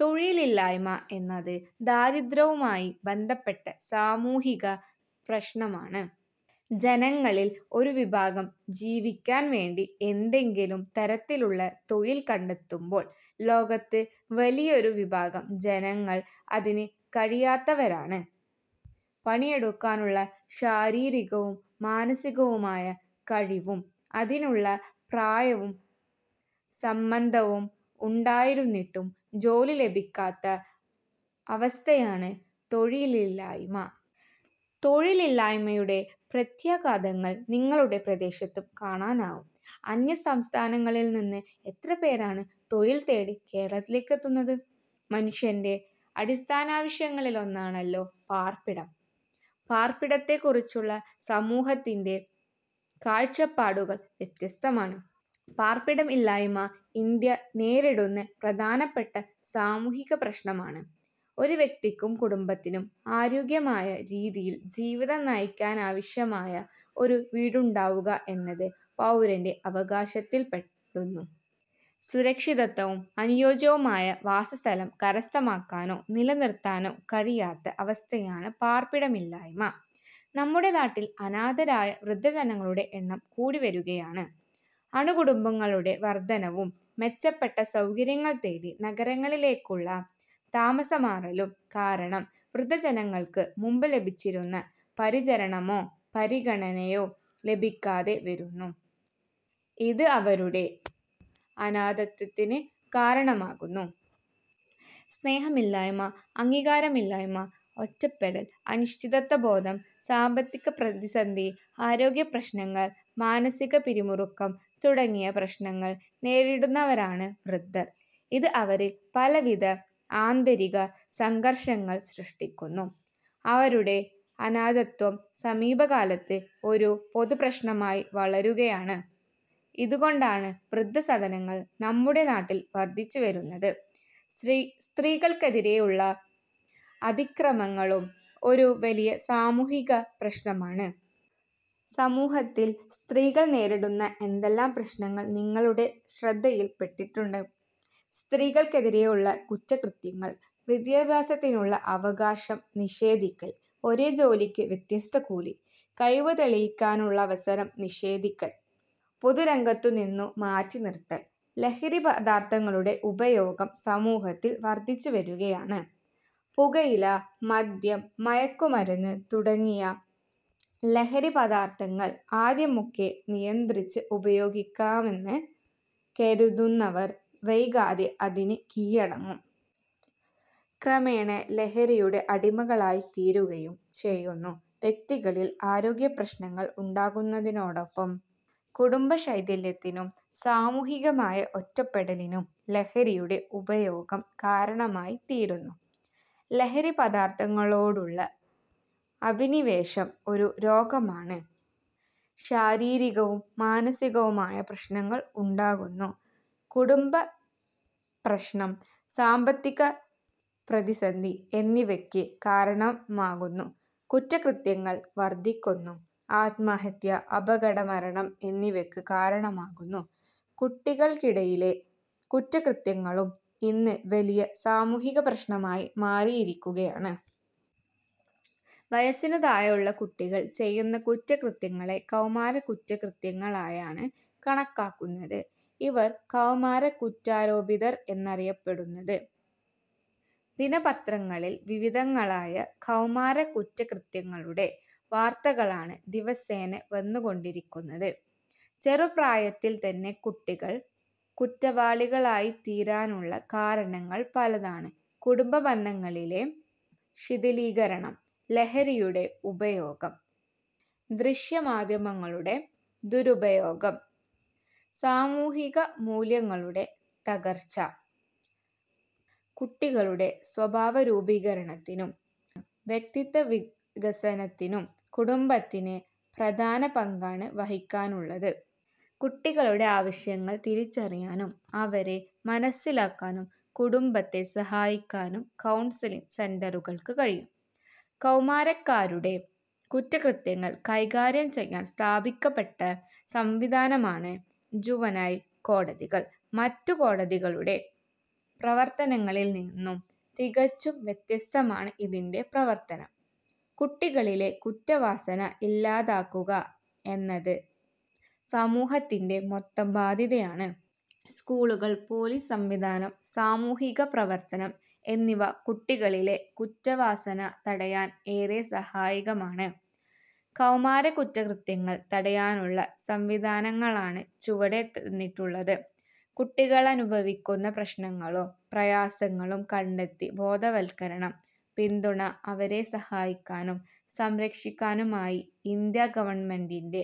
തൊഴിലില്ലായ്മ എന്നത് ദാരിദ്ര്യവുമായി ബന്ധപ്പെട്ട സാമൂഹിക പ്രശ്നമാണ്. ജനങ്ങളിൽ ഒരു വിഭാഗം ജീവിക്കാൻ വേണ്ടി ഏതെങ്കിലും തരത്തിലുള്ള തൊഴിൽ കണ്ടെത്തുമ്പോൾ ലോകത്ത് വലിയൊരു വിഭാഗം ജനങ്ങൾ അതിന് കഴിയാത്തവരാണ്. പണിയെടുക്കാനുള്ള ശാരീരികവും മാനസികവുമായ കഴിവും അതിനുള്ള പ്രായവും സമ്മതവും ഉണ്ടായിരുന്നിട്ടും ജോലി ലഭിക്കാത്ത അവസ്ഥയാണ് തൊഴിലില്ലായ്മ. തൊഴിലില്ലായ്മയുടെ പ്രത്യാഘാതങ്ങൾ നിങ്ങളുടെ പ്രദേശത്തും കാണാനാവും. അന്യസംസ്ഥാനങ്ങളിൽനിന്ന് എത്രപേരാണ് തൊഴിൽ തേടി കേരളത്തിലേക്ക് എത്തുന്നത്. മനുഷ്യന്റെ അടിസ്ഥാനാവശ്യങ്ങളിലൊന്നാണല്ലോ പാർപ്പിടം. പാർപ്പിടത്തെക്കുറിച്ചുള്ള സമൂഹത്തിന്റെ കാഴ്ചപ്പാടുകൾ വ്യത്യസ്തമാണ്. പാർപ്പിടമില്ലായ്മ ഇന്ത്യ നേരിടുന്ന പ്രധാനപ്പെട്ട സാമൂഹികപ്രശ്നമാണ്. ഒരു വ്യക്തിക്കും കുടുംബത്തിനും ആരോഗ്യകരമായ രീതിയിൽ ജീവിതം നയിക്കാനാവശ്യമായ ഒരു വീടുണ്ടാവുക എന്നത് പൗരന്റെ അവകാശത്തിൽപ്പെടുന്നു. സുരക്ഷിതത്വവും അനുയോജ്യവുമായ വാസസ്ഥലം കരസ്ഥമാക്കാനോ നിലനിർത്താനോ കഴിയാത്ത അവസ്ഥയാണ് പാർപ്പിടമില്ലായ്മ. നമ്മുടെ നാട്ടിൽ അനാഥരായ വൃദ്ധജനങ്ങളുടെ എണ്ണം കൂടിവരുകയാണ്. അണുകുടുംബങ്ങളുടെ വർധനവും മെച്ചപ്പെട്ട സൗകര്യങ്ങൾ തേടി നഗരങ്ങളിലേക്കുള്ള താമസം മാറലും കാരണം വൃദ്ധജനങ്ങൾക്ക് മുമ്പ് ലഭിച്ചിരുന്ന പരിചരണമോ പരിഗണനയോ ലഭിക്കാതെ വരുന്നു. ഇത് അവരുടെ അനാഥത്വത്തിന് കാരണമാകുന്നു. സ്നേഹമില്ലായ്മ, അംഗീകാരമില്ലായ്മ, ഒറ്റപ്പെടൽ, അനിശ്ചിതത്വബോധം, സാമ്പത്തികപ്രതിസന്ധി, ആരോഗ്യപ്രശ്നങ്ങൾ, മാനസികപിരിമുറുക്കം തുടങ്ങിയ പ്രശ്നങ്ങൾ നേരിടുന്നവരാണ് വൃദ്ധർ. ഇത് അവരിൽ പലവിധ ആന്തരിക സംഘർഷങ്ങൾ സൃഷ്ടിക്കുന്നു. അവരുടെ അനാഥത്വം സമീപകാലത്ത് ഒരു പൊതുപ്രശ്നമായി വളരുകയാണ്. ഇതുകൊണ്ടാണ് വൃദ്ധസദനങ്ങൾ നമ്മുടെ നാട്ടിൽ വർധിച്ചുവരുന്നത്. സ്ത്രീകൾക്കെതിരെയുള്ള അതിക്രമങ്ങളും ഒരു വലിയ സാമൂഹിക പ്രശ്നമാണ്. സമൂഹത്തിൽ സ്ത്രീകൾ നേരിടുന്ന എന്തെല്ലാം പ്രശ്നങ്ങൾ നിങ്ങളുടെ ശ്രദ്ധയിൽപ്പെട്ടിട്ടുണ്ട്? സ്ത്രീകൾക്കെതിരെയുള്ള കുറ്റകൃത്യങ്ങൾ. വിദ്യാഭ്യാസത്തിനുള്ള അവകാശം നിഷേധിക്കൽ. ഒരേ ജോലിക്ക് വ്യത്യസ്ത കൂലി. കഴിവു തെളിയിക്കാനുള്ള അവസരം നിഷേധിക്കൽ. പൊതുരംഗത്തുനിന്നു മാറ്റിനിർത്തൽ. ലഹരിപദാർഥങ്ങളുടെ ഉപയോഗം സമൂഹത്തിൽ വർധിച്ചുവരുകയാണ്. പുകയില, മദ്യം, മയക്കുമരുന്ന് തുടങ്ങിയ ലഹരിപദാർഥങ്ങൾ ആദ്യമൊക്കെ നിയന്ത്രിച്ച് ഉപയോഗിക്കാമെന്ന് കരുതുന്നവർ വൈകാതെ അതിന് കീഴടങ്ങും. ക്രമേണ ലഹരിയുടെ അടിമകളായിത്തീരുകയും ചെയ്യുന്നു. വ്യക്തികളിൽ ആരോഗ്യപ്രശ്നങ്ങൾ ഉണ്ടാക്കുന്നതിനോടൊപ്പം കുടുംബശൈഥില്യത്തിനും സാമൂഹികമായ ഒറ്റപ്പെടലിനും ലഹരിയുടെ ഉപയോഗം കാരണമായിത്തീരുന്നു. ലഹരിപദാർഥങ്ങളോടുള്ള അഭിനിവേശം ഒരു രോഗമാണ്. ശാരീരികവും മാനസികവുമായ പ്രശ്നങ്ങൾ ഉണ്ടാകുന്നു. കുടുംബപ്രശ്നം, സാമ്പത്തിക പ്രതിസന്ധി എന്നിവയ്ക്ക് കാരണമാകുന്നു. കുറ്റകൃത്യങ്ങൾ വർധിക്കുന്നു. ആത്മഹത്യ, അപകടമരണം എന്നിവയ്ക്ക് കാരണമാകുന്നു. കുട്ടികൾക്കിടയിലെ കുറ്റകൃത്യങ്ങളും ഇന്ന് വലിയ സാമൂഹികപ്രശ്നമായി മാറിയിരിക്കുകയാണ്. വയസ്സിനു താഴെയുള്ള കുട്ടികൾ ചെയ്യുന്ന കുറ്റകൃത്യങ്ങളെ കൗമാര കുറ്റകൃത്യങ്ങളായാണ് കണക്കാക്കുന്നത്. ഇവർ കൗമാര കുറ്റാരോപിതർ എന്നാണറിയപ്പെടുന്നത്. ദിനപത്രങ്ങളിൽ വിവിധങ്ങളായ കൗമാര കുറ്റകത്യങ്ങളുടെ വാർത്തകളാണ് ദിവസേന വന്നുകൊണ്ടിരിക്കുന്നത്. ചെറുപ്രായത്തിൽത്തന്നെ കുട്ടികൾ കുറ്റവാളികളായിത്തീരാനുള്ള കാരണങ്ങൾ പലതാണ്. കുടുംബബന്ധങ്ങളിലെ ശിഥിലീകരണം. ലഹരിയുടെ ഉപയോഗം. ദൃശ്യമാധ്യമങ്ങളുടെ ദുരുപയോഗം. സാമൂഹികമൂല്യങ്ങളുടെ തകർച്ച. കുട്ടികളുടെ സ്വഭാവരൂപീകരണത്തിനും വ്യക്തിത്വവികാസത്തിനും കുടുംബത്തിന് പ്രധാന പങ്കാണ് വഹിക്കാനുള്ളത്. കുട്ടികളുടെ ആവശ്യങ്ങൾ തിരിച്ചറിയാനും അവരെ മനസ്സിലാക്കാനും കുടുംബത്തെ സഹായിക്കാനും കൗൺസലിംങ് സെന്ററുകൾക്ക് കഴിയും. കൗമാരക്കാരുടെ കുറ്റ കൃത്യങ്ങൾ കൈകാര്യം ചെയ്യാൻ സ്ഥാപിക്കപ്പെട്ട സംവിധാനമാണ് ജുവനൈൽ കോടതികൾ. മറ്റു കോടതികളുടെ പ്രവർത്തനങ്ങളിൽ നിന്നു തികച്ചും വ്യത്യസ്തമാണ് ഇതിന്റെ പ്രവർത്തനം. കുട്ടികളിലെ കുറ്റവാസന ഇല്ലാതാക്കുക എന്നത് സമൂഹത്തിന്റെ മൊത്തം ബാധ്യതയാണ്. സ്കൂളുകൾ, പൊലീസ് സംവിധാനം, സാമൂഹിക പ്രവർത്തനം എന്നിവ കുട്ടികളിലെ കുറ്റവാസന തടയാൻ ഏറെ സഹായകമാണ്. കൗമാര കുറ്റകൃത്യങ്ങൾ തടയാനുള്ള സംവിധാനങ്ങളാണ് ചുവടെ തന്നിട്ടുള്ളത്. കുട്ടികളനുഭവിക്കുന്ന പ്രശ്നങ്ങളും പ്രയാസങ്ങളും കണ്ടെത്തി ബോധവൽക്കരണം, പിന്തുണ അവരെ സഹായിക്കാനും സംരക്ഷിക്കാനുമായി ഇന്ത്യാ ഗവൺമെന്റിന്റെ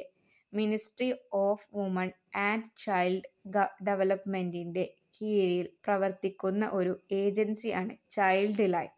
ministry of woman and child ഡവലപ്മെന്റിന്റെ കീഴിൽ പ്രവർത്തിക്കുന്ന ഒരു ഏജൻസിയാണ് ചൈൽഡ് ലൈൻ.